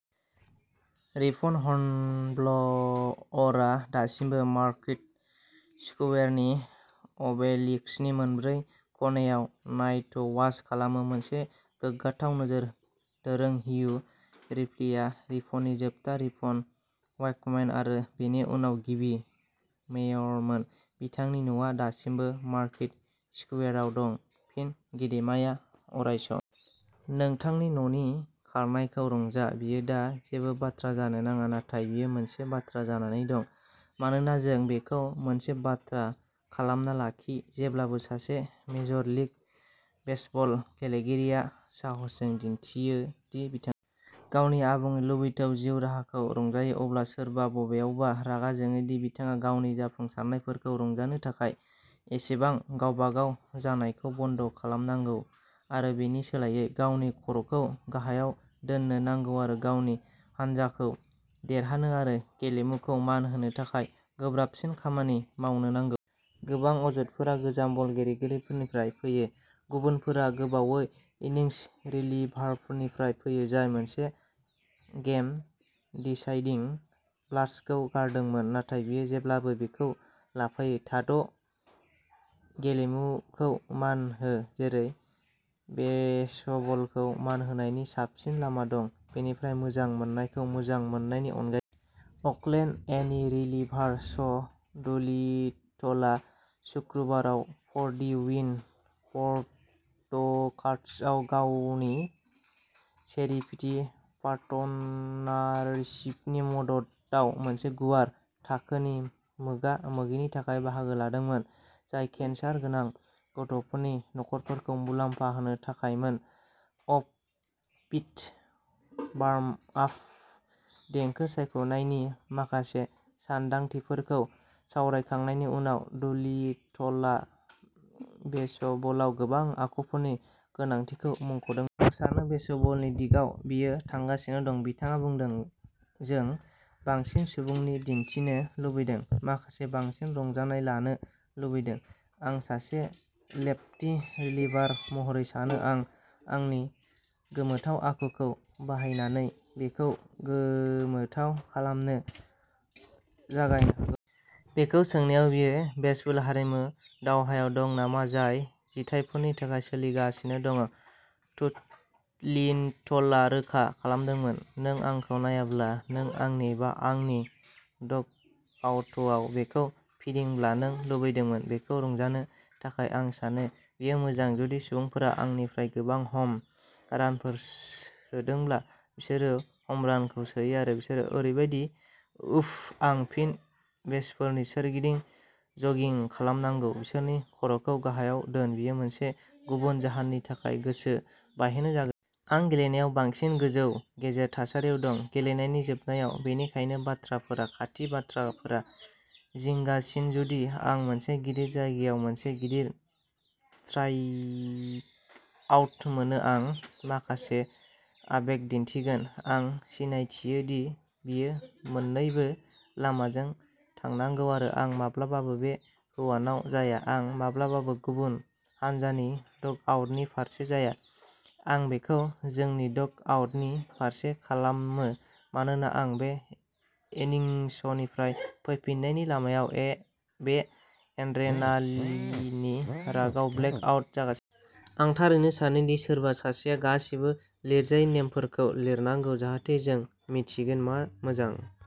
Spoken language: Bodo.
रिपन हर्नब्ल’अरआ दासिमबो मार्केट स्कुवेरनि अबेलिस्कनि मोनब्रै खनायाव नाइट वाच' खालामो मोनसे गोग्गाथाव नोगोर दोरों। हियु रिप्लिआ रिपननि जोबथा रिपन वेकमेन आरो बेनि उनाव गिबि मेयरमोन। बिथांनि न'आ दासिमबो मार्केट स्कुवेराव दं। फिन गेदेमाया अरायसम। नोंथांनि न'नि खारनायखौ रंजा। बेयो दा जेबो बाथ्रा जानो नाङा, नाथाय बेयो मोनसे बाथ्रा जानानै दं मानोना जों बेखौ मोनसे बाथ्रा खालामना लाखि जेब्लाबो सासे मेजर लीग बेसबल गेलेगिरिया साहसजों दिन्थियो दि बिथाङा गावनि आबुङै लुबैथाव जिउ राहाखौ रंजायो, अब्ला सोरबा बबेयावबा रागा जोङो दि बिथाङा गावनि जाफुंसारनायफोरखौ रंजानो थाखाय एसेबां गावबागाव जानायखौ बन्द' खालामनांगौ आरो बेनि सोलायै गावनि खर'खौ गाहायाव दोननो नांगौ आरो गावनि हानजाखौ देरहानो आरो गेलेमुखौ मान होनो थाखाय गोब्राबसिन खामानि मावनो नांगौ। गोबां अजदफोरा गोजाम बल गेलेगिरिफोरनिफ्राय फैयो; गुबुनफोरा गोबावै इनिंस रिलिभारफोरनिफ्राय फैयो जाय मोनसे गेम डिसाइडिं ब्लास्टखौ गारदोंमोन। नाथाय बेयो जेब्लाबो बेखौ लाफायो। थाद' गेलेमुखौ मान हो जेरै बेसबलखौ मान होनायनि साबसिन लामा दं, बेनिफ्राय मोजां मोननायखौ मोजां मोननायनि अनगायै। अकलेन्ड ए नि रिलिभार शन डुलिटलआ सुक्रुबाराव फर दि विन पडकास्टआव गावनि चेरिटि पार्टनारशिपनि मददाव मोनसे गुवार थाखोनि मोगा-मोगिनि थाखाय बाहागो लादोंमोन, जाय केन्सार गोनां गथ'फोरनि नखरफोरखौ मुलाम्फा होनो थाखायमोन। अफ बिट वार्मआप देंखो सायख'नायनि माखासे सानदांथिफोरखौ सावरायखांनायनि उनाव, डुलिटलआ बेसबलाव गोबां आखुफोरनि गोनांथिखौ मुंख'दोंमो। आं सानो बेसबलनि दिगाव बेयो थांगासिनो दं, बिथाङा बुंदोंमोन। जों बांसिन सुबुंथि दिन्थिनो लुबैदों, माखासे बांसिन रंजानाय लानो लुबैदों। आं सासे लेफ्टी रिलिभार महरै सानो आं आंनि गोमोथाव आखुखौ बाहायनानै बेखौ गोमोथाव खालामनो जागायनो। बेखौ सोंनायाव बियो बेसबल हारिमु दावहायाव दं नामा, जाय जिथायफोरनि थाखाय सोलिगासिनो दं, डुलिटलआ रोखा खालामदोंमोन। नों आंखौ नायाब्ला नों आंनि एबा आंनि डगआउटआव बेटखौ फिदिंब्ला, नों लुबैदोंब्ला। बेखौ रंजानो थाखाय, आं सानो बेयो मोजां जुदि सुबुंफोरा आंनिफ्राय गोबां ह'म रानफोर सोदोंब्ला बिसोरो ह'म रानखौ सोयो आरो बिसोर ओरैबायदि उफ आं फिन बेसफोरनि सोरगिदिं जगिं खालामनांगौ बिसोरनि खर'खौ गाहायाव दोन, बेयो मोनसे गुबुन जाहोननि थाखाय गोसो बायहोनाय जागोन। आं गेलेनायाव बांसिन गोजौ गेजेर थासारियाव दं, गेलेनायनि जोबनायाव, बेनिखायनो बाथ्राफोरा खाथि बाथ्राफोरा जिंगासिन जुदि आं मोनसे गिदिर जायगायाव मोनसे गिदिर स्ट्राइकआउट मोनो आं माखासे आबेग दिन्थिगोन। आं सिनायथियो दि बेयो मोन्नैबो लामाजों थांनांगौ आरो आं माब्लाबाबो बे हौवानाव जाया, आं माब्लाबाबो गुबुन हानजानि डगआउटनि फारसे जाया, आं बेखौ जोंनि डग आउटनि फारसे खालामो मानोना आं ए बे इनिंसनिफ्राय फैफिननायनि लामायाव बे एड्रेनालिननि रागआव ब्लेक आउट जागासिनो। आं थारैनो सानो दि सोरबा सासेआ गासिबो लिरजायै नेमफोरखौ लिरनांगौ, जाहाथे जों मिन्थिगोन मा मोजां।